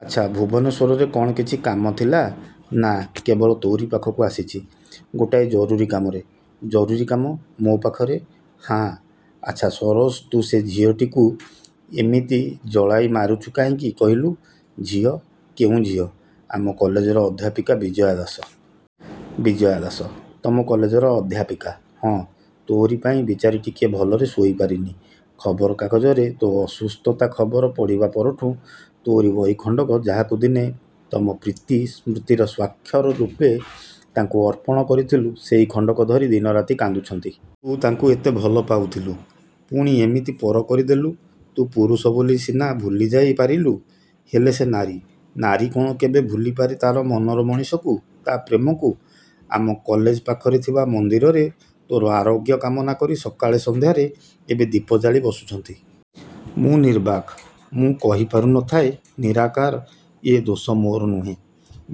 ଆଚ୍ଛା ଭୁବନେଶ୍ୱରରେ କ'ଣ କିଛି କାମ ଥିଲା? ନା, କେବଳ ତୋ'ରି ପାଖକୁ ଆସିଛି। ଗୋଟାଏ ଜରୁରୀ କାମରେ।: ଜରୁରୀ କାମ? ମୋ' ପାଖରେ?: ହଁ। ଆଚ୍ଛା ସରୋଜ ତୁ ସେ ଝିଅଟିକୁ ଏମିତି ଜଳାଇ ମାରୁଛୁ କାହିଁକି କହିଲୁ?: ଝିଅ? କେଉଁ ଝିଅ?: ଆମ କଲେଜର ଅଧ୍ୟାପିକା ବିଜୟା ଦାସ।: ବିଜୟା ଦାସ... ତମ କଲେଜର ଅଧ୍ୟାପିକା।: ହଁ, ତୋରି ପାଇଁ ବିଚାରୀ ଟିକିଏ ଭଲରେ ଶୋଇ ପାରିନି। ଖବରକାଗଜରେ ତୋ ଅସୁସ୍ଥତା ଖବର ପଢ଼ିବା ପରଠୁଁ ତୋ'ରି ବହି ଖଣ୍ଡକ, ଯାହାକୁ ଦିନେ ତମ ପ୍ରୀତି–ସ୍ମୃତିର ସ୍ୱାକ୍ଷର ରୂପେ ତାଙ୍କୁ ଅର୍ପଣ କରିଥିଲୁ ସେଇ ଖଣ୍ଡକ ଧରି ଦିନରାତି କାନ୍ଦୁଛନ୍ତି। ତୁ ତାଙ୍କୁ ଏତେ ଭଲ ପାଉଥିଲୁ; ପୁଣି ଏମିତି ପର କରିଦେଲୁ। ତୁ ପୁରୁଷ ବୋଲି ସିନା ଭୁଲିଯାଇ ପାରିଲୁ। ହେଲେ ସେ ନାରୀ... ନାରୀ କ'ଣ କେବେ ଭୁଲିପାରେ ତା'ର ମନର ମଣିଷକୁ, ତା' ପ୍ରେମକୁ! ଆମ କଲେଜ ପାଖରେ ଥିବା ମନ୍ଦିରରେ ତୋର ଆରୋଗ୍ୟ କାମନା କରି ସକାଳେ ସନ୍ଧ୍ୟାରେ ଏବେ ଦୀପ ଜାଳି ବସୁଛନ୍ତି। ମୁଁ ନିର୍ବାକ! ମୁଁ କହିପାରୁ ନଥାଏ–ନିରାକାର, ଏ ଦୋଷ ମୋର ନୁହେଁ;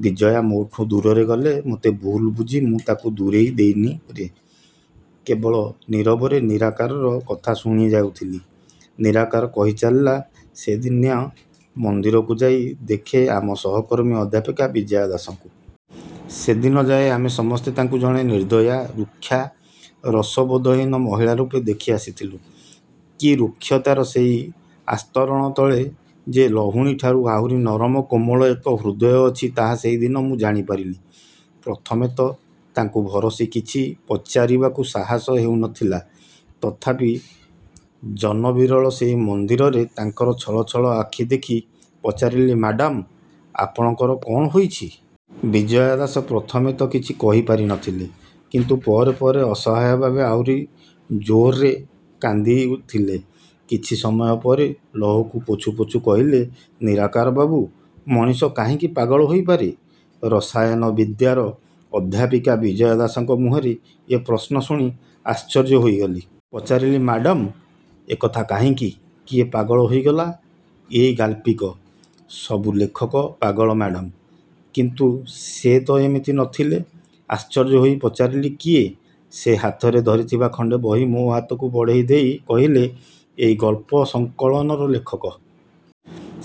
ବିଜୟା ମୋଠୁଁ ଦୂରରେ ଗଲେ ମୋତେ ଭୁଲ୍ ବୁଝି, ମୁଁ ତାକୁ ଦୂରେଇ ଦେଇନି ରେ...। କେବଳ ନୀରବରେ ନିରାକାରର କଥା ଶୁଣିଯାଉଥିଲି। ନିରାକାର କହି ଚାଲିଲା–ସେ ଦିନ ମନ୍ଦିରକୁ ଯାଇ ଦେଖେଁ ଆମ ସହକର୍ମୀ ଅଧ୍ୟାପିକା ବିଜୟା ଦାସଙ୍କୁ। ସେଦିନଯାଏ ଆମେ ସମସ୍ତେ ତାଙ୍କୁ ଜଣେ ନିର୍ଦ୍ଦୟା, ରୁକ୍ଷା, ରସବୋଧହୀନା ମହିଳାରୂପେ ଦେଖି ଆସିଥିଲୁ; କି ରୁକ୍ଷତାର ସେଇ ଆସ୍ତରଣ ତଳେ ଯେ ଲହୁଣୀ ଠାରୁ ଆହୁରି ନରମ କୋମଳ ଏକ ହୃଦୟ ଅଛି ତାହା ସେଇ ଦିନ ମୁଁ ଜାଣି ପାରିଲି। ପ୍ରଥମେ ତ ତାଙ୍କୁ ଭରସି କିଛି ପଚାରିବାକୁ ସାହସ ହେଉ ନଥିଲା; ତଥାପି ଜନବିରଳ ସେଇ ମନ୍ଦିରରେ ତାଙ୍କର ଛଳଛଳ ଆଖି ଦେଖି ପଚାରିଲି–ମାଡ଼ାମ୍, ଆପଣଙ୍କର କ'ଣ ହୋଇଛି? ବିଜୟା ଦାସ ପ୍ରଥମେ ତ କିଛି କହି ପାରିନଥିଲେ, କିନ୍ତୁ ପରେ ପରେ ଅସହାୟଭାବେ ଆହୁରି ଜୋର୍ ରେ କାନ୍ଦିଥିଲେ। କିଛି ସମୟପରେ ଲହୁକୁ ପୋଛୁ ପୋଛୁ କହିଲେ–ନିରାକାରବାବୁ, ମଣିଷ କାହିଁକି ପାଗଳ ହୋଇପାରେ? ରସାୟନ ବିଦ୍ୟାର ଅଧ୍ୟାପିକା ବିଜୟା ଦାସଙ୍କ ମୁହଁରେ ଏ ପ୍ରଶ୍ନ ଶୁଣି ଆଶ୍ଚର୍ଯ୍ୟ ହୋଇଗଲି। ପଚାରିଲି–ମାଡ଼ାମ୍, ଏକଥା କାହିଁକି? କିଏ ପାଗଳ ହୋଇଗଲା? ଏଇ ଗାଳ୍ପିକ...। ସବୁ ଲେଖକ ପାଗଳ ମାଡ଼ାମ୍। କିନ୍ତୁ ସେ ତ ଏମିତି ନଥିଲେ! ଆଶ୍ଚର୍ଯ୍ୟ ହୋଇ ପଚାରିଲି–କିଏ? ସେ ହାତରେ ଧରିଥିବା ଖଣ୍ଡେ ବହି ମୋ' ହାତକୁ ବଢ଼େଇ ଦେଇ କହିଲେ–ଏଇ ଗଳ୍ପ ସଂକଳନର ଲେଖକ।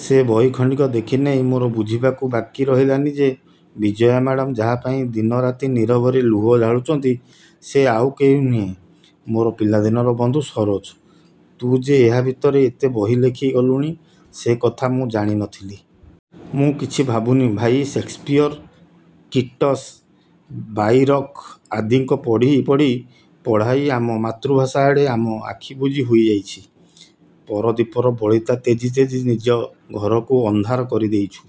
ସେ ବହି ଖଣ୍ଡିକ ଦେଖିନେଇ ମୋର ବୁଝିବାକୁ ବାକି ରହିଲାନି ଯେ ବିଜୟା ମାଡ଼ାମ୍ ଯାହାପାଇଁ ଦିନ, ରାତି ନୀରବରେ ଲୁହ ଢାଳୁଛନ୍ତି। ସେ ଆଉ କେହି ନୁହେଁ–ମୋର ପିଲାଦିନର ବନ୍ଧୁ ସରୋଜ। ତୁ ଯେ ଏହା ଭିତରେ ଏତେ ବହି ଲେଖି ଗଲୁଣି ସେ କଥା ମୁଁ ଜାଣି ନ ଥିଲି। ମୁଁ କିଛି ଭାବୁନି ଭାଇ ସେକ୍ସପିଅର; କିଟସ୍, ବାଇରକ୍ ଆଦିଙ୍କୁ ପଢ଼ି ପଢ଼ି ପଢ଼ାଇ ଆମ ମାତୃଭାଷା ଆଡ଼େ ଆମ ଆଖିବୁଜି ହୋଇଯାଇଛି। ପର ଦୀପର ବଳିତା ତେଜି ତେଜି ନିଜ ଘରକୁ ଅନ୍ଧାର କରି ଦେଇଛୁ।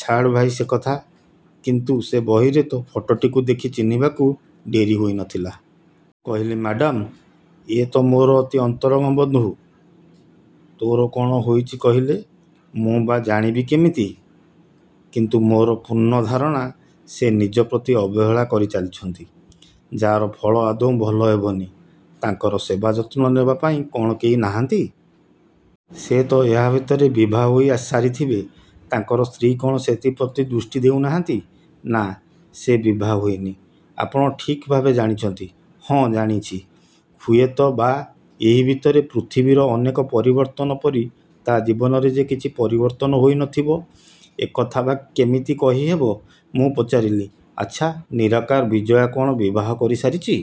ଛାଡ଼ ଭାଇ ସେ କଥା; କିନ୍ତୁ ସେ ବହିରେ ତୋ'ଫଟୋଟିକୁ ଦେଖି ଚିହ୍ନିବାକୁ ଡେରି ହୋଇ ନ ଥିଲା। କହିଲି–ମାଡ଼ାମ୍, ଏ ତ ମୋର ଅତି ଅନ୍ତରଙ୍ଗ ବନ୍ଧୁ। ତୋର କ'ଣ ହୋଇଚି କହିଲେ? ମୁଁ ବା ଜାଣିବି କିମିତି? କିନ୍ତୁ ମୋର ପୂର୍ଣ୍ଣଧାରଣା, ସେ ନିଜପ୍ରତି ଅବହେଳା କରି ଚାଲିଛନ୍ତି, ଯା'ର ଫଳ ଆଦୌ ଭଲ ହେବନି। ତାଙ୍କର ସେବା ଯତ୍ନ ନେବାପାଇଁ କ'ଣ କେହି ନାହାନ୍ତି? ସେ ତ ଏହା ଭିତରେ ବିଭା ହୋଇ ସାରିଥିବେ। ତାଙ୍କ ସ୍ତ୍ରୀ କ'ଣ ସେଥିପ୍ରତି ଦୃଷ୍ଟି ଦେଉ ନାହାନ୍ତି?: ନା, ସେ ବିଭା ହୋଇନି।: ଆପଣ ଠିକ୍ ଭାବେ ଜାଣିଛନ୍ତି?: ହଁ, ଜାଣିଛି। ହୁଏତ ବା ଏହି ଭିତରେ ପୃଥିବୀର ଅନେକ ପରିବର୍ତ୍ତନ ପରି ତା'ଜୀବନରେ ଯେ କିଛି ପରିବର୍ତ୍ତନ ହୋଇ ନ ଥିବ, ଏକଥା ବା କିମିତି କହିହେବ? ମୁଁ ପଚାରିଲି–ଆଚ୍ଛା ନିରାକାର ବିଜୟା କ'ଣ ବିବାହ କରି ସାରିଚି?